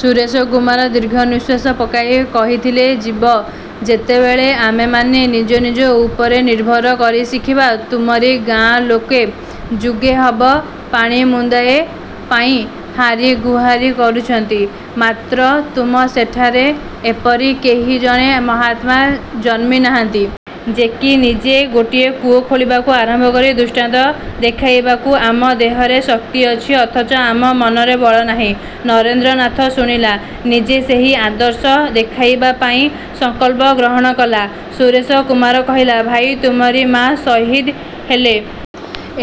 ସୁରେଶ କୁମାର ଦୀର୍ଘ ନିଶ୍ୱାସ ପକାଇ କହିଥିଲେ—ଯିବ। ଯେତେବେଳେ ଆମେମାନେ ନିଜେ ନିଜ ଉପରେ ନିର୍ଭର କରିଶିଖିବା। ତୁମରି ଗାଁ ଲୋକେ ଯୁଗେ ହେବ ପାଣି ମୁନ୍ଦାଏ ପାଇଁ ହାରି ଗୁହାରୀ କରୁଚନ୍ତି; ମାତ୍ର ତୁମ ସେଠାରେ ଏପରି କେହି ଜଣେ ମାହାତ୍ମା ଜନ୍ମି ନାହାନ୍ତି। ଯେକି ନିଜେ ଗୋଟିଏ କୂଅ ଖୋଳିବାକୁ ଆରମ୍ଭ କରି ଦୃଷ୍ଟାନ୍ତ ଦେଖାଇବାକୁ। ଆମ ଦେହରେ ଶକ୍ତି ଅଛି; ଅଥଚ ଆମ ମନରେ ବଳନାହିଁ। ନରେନ୍ଦ୍ରନାଥ ଶୁଣିଲା। ନିଜେ ସେହି ଆଦର୍ଶ ଦେଖାଇବା ପାଇଁ ସଂକଳ୍ପ ଗ୍ରହଣ କଲା। ସୁରେଶ କୁମାର କହିଲା—ଭାଇ, ତୁମରି ମା ଶହୀଦ୍ ହେଲେ।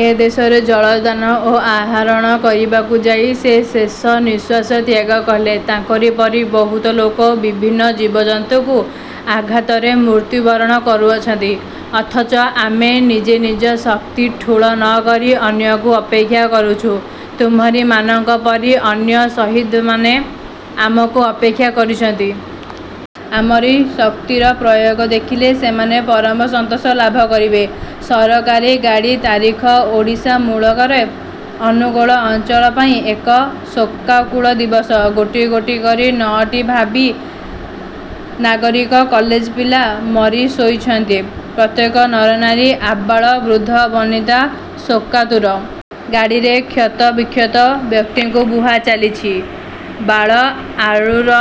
ଏ ଦେଶରେ ଜଳଦାନ ଓ ଆହରଣ କରିବାକୁ ଯାଇ ସେ ଶେଷ ନିଶ୍ୱାସ ତ୍ୟାଗକଲେ। ତାଙ୍କରି ପରି ବହୁତ ଲୋକ ବିଭିନ୍ନ ଜୀବଜନ୍ତୁଙ୍କୁ ଆଘାତରେ ମୃତ୍ୟୁ ବରଣ କରୁଅଛନ୍ତି। ଅଥଚ ଆମେ ନିଜେ ନିଜ ଶକ୍ତି ଠୁଳ ନ କରି ଅନ୍ୟକୁ ଅପେକ୍ଷା କରୁଚୁ। ତୁମରିମାନଙ୍କ ପରି ଅନ୍ୟ ଶହୀଦ୍ମାନେ ଆମକୁ ଅପେକ୍ଷା କରିଚନ୍ତି। ଆମରି ଶକ୍ତିର ପ୍ରୟୋଗ ଦେଖିଲେ ସେମାନେ ପରମ ସନ୍ତୋଷ ଲାଭ କରିବେ। ସରକାରୀ ଗାଡ଼ି ତାରିଖ ଓଡ଼ିଶା ମୂଲକର ଅନୁଗୋଳ ଅଞ୍ଚଳ ପାଇଁ ଏକ ଶୋକାକୁଳ ଦିବସ। ଗୋଟି ଗୋଟି କରି ନଅଟି ଭାବୀ ନାଗରିକ କଲେଜ ପିଲା ମରି ଶୋଇଚନ୍ତି। ପ୍ରତ୍ୟେକ ନର ନାରୀ, ଆବାଳ ବୃଦ୍ଧ ବନିତା ଶୋକାତୁର। ଗାଡ଼ିରେ କ୍ଷତ ବିକ୍ଷତ ବ୍ୟକ୍ତିଙ୍କୁ ବୁହା ଚାଲିଚି। ବାଳ ଆଲୁର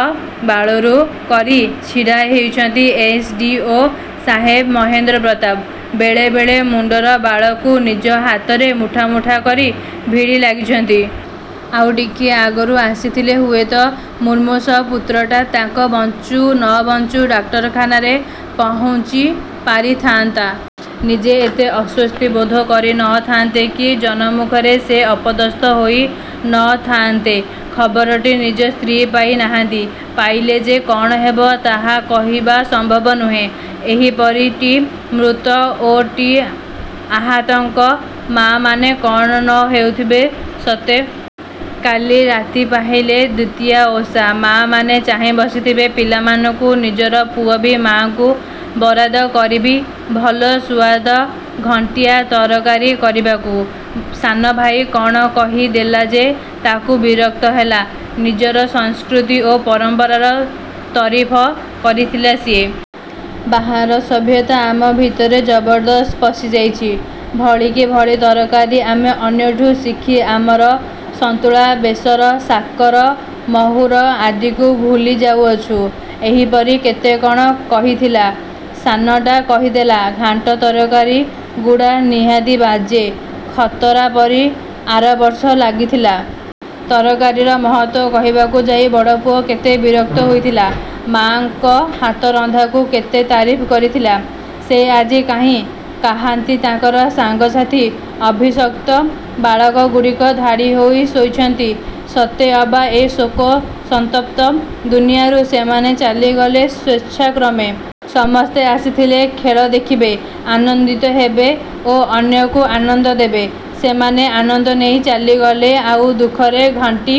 ବାଲୁରୁ କରି ଛିଡ଼ା ହେଇଚନ୍ତି ଏସ୍. ଡ଼ି. ଓ. ସାହେବ ମହେନ୍ଦ୍ର ପ୍ରତାପ। ବେଳେ ବେଳେ ମୁଣ୍ତର ବାଳକୁ ନିଜ ହାତରେ ମୁଠା ମୁଠା କରି ଭିଡ଼ି ଲାଗିଛନ୍ତି। ଆଉ ଟିକିଏ ଆଗରୁ ଆସିଥିଲେ ହୁଏତ ମୁମୂର୍ଷୁ ପୁତ୍ରଟା ତାଙ୍କର ବଞ୍ଚୁ ନ ବଞ୍ଚୁ ଡାକ୍ତରଖାନାରେ ପହୁଞ୍ଚି ପାରି ଥାଆନ୍ତା। ନିଜେ ଏତେ ଅଶ୍ୱସ୍ତି ବୋଧ କରି ନ ଥାଆନ୍ତେ କି ଜନମୁଖରେ ସେ ଅପଦସ୍ଥ ହୋଇ ନ ଥାଆନ୍ତେ। ଖବରଟି ନିଜ ସ୍ତ୍ରୀ ପାଇ ନାହାନ୍ତି। ପାଇଲେ ଯେ କ'ଣ ହେବ, ତାହା କହିବା ସମ୍ଭବ ନୁହେଁ। ଏହିପରି ଟି ମୃତ ଓ ଟି ଆହତଙ୍କର ମା'ମାନେ କ'ଣ ନ ହେଉଥିବେ ସତେ! କାଲି ରାତି ପାହିଲେ ଦୁତୀୟା ଓଷା। ମା' ମାନେ ଚାହିଁ ବସିଥିବେ ପିଲାମାନଙ୍କୁ। ନିଜର ପୁଅ ବି ମାଙ୍କୁ ବରାଦ କରିବି ଭଲ ସୁଆଦ ଘାଣ୍ଟିଆ ତରକାରୀ କରିବାକୁ। ସାନ ଭାଇ କ'ଣ କହି ଦେଲା ଯେ, ତାକୁ ବିରକ୍ତ ହେଲା। ନିଜର ସଂସ୍କୃତି ଓ ପରମ୍ପରାର ତରିଫ କରିଥିଲା ସିଏ। ବାହାର ସଭ୍ୟତା ଆମ ଭିତରେ ଜବରଦସ୍ତ ପଶିଯାଇଚି। ଭଳିକି ଭଳି ତରକାରୀ ଆମେ ଅନ୍ୟଠୁ ଶିଖି ଆମର ସନ୍ତୁଳା, ବେସର, ସାକର, ମହୁର ଆଦିକୁ ଭୁଲି ଯାଉଅଛୁ। ଏହିପରି କେତେ କ'ଣ କହିଥିଲା। ସାନଟା କହିଦେଲା— ଘାଣ୍ଟ ତରକାରୀ ଗୁଡ଼ା ନିହାତି ବାଜେ, ଖତରା ପରି ଆରବର୍ଷ ଲାଗିଥିଲା। ତରକାରୀର ମହତ୍ତ୍ୱ କହିବାକୁ ଯାଇ ବଡ଼ ପୁଅ କେତେ ବିରକ୍ତ ହୋଇଥିଲା। ମା'ଙ୍କ ହାତ ରନ୍ଧାକୁ କେତେ ତାରିଫ କରିଥିଲା। ସେ ଆଜି କାହିଁ? କାହାନ୍ତି ତାଙ୍କର ସାଙ୍ଗ ସାଥୀ? ଅଭିଶପ୍ତ ବାଳକଗୁଡ଼ିକ ଧାଡ଼ି ହୋଇ ଶୋଇଚନ୍ତି। ସତେ ଅବା ଏ ଶୋକ ସନ୍ତପ୍ତ ଦୁନିଆରୁ ସେମାନେ ଚାଲିଗଲେ ସ୍ୱେଚ୍ଛାକ୍ରମେ-। ସମସ୍ତେ ଆସିଥିଲେ ଖେଳ ଦେଖିବେ। ଆନନ୍ଦିତ ହେବେ ଓ ଅନ୍ୟକୁ ଆନନ୍ଦ ଦେବେ-। ସେମାନେ ଆନନ୍ଦ ନେଇ ଚାଲିଗଲେ ଆଉ ଦୁଃଖରେ ଘାଣ୍ଟି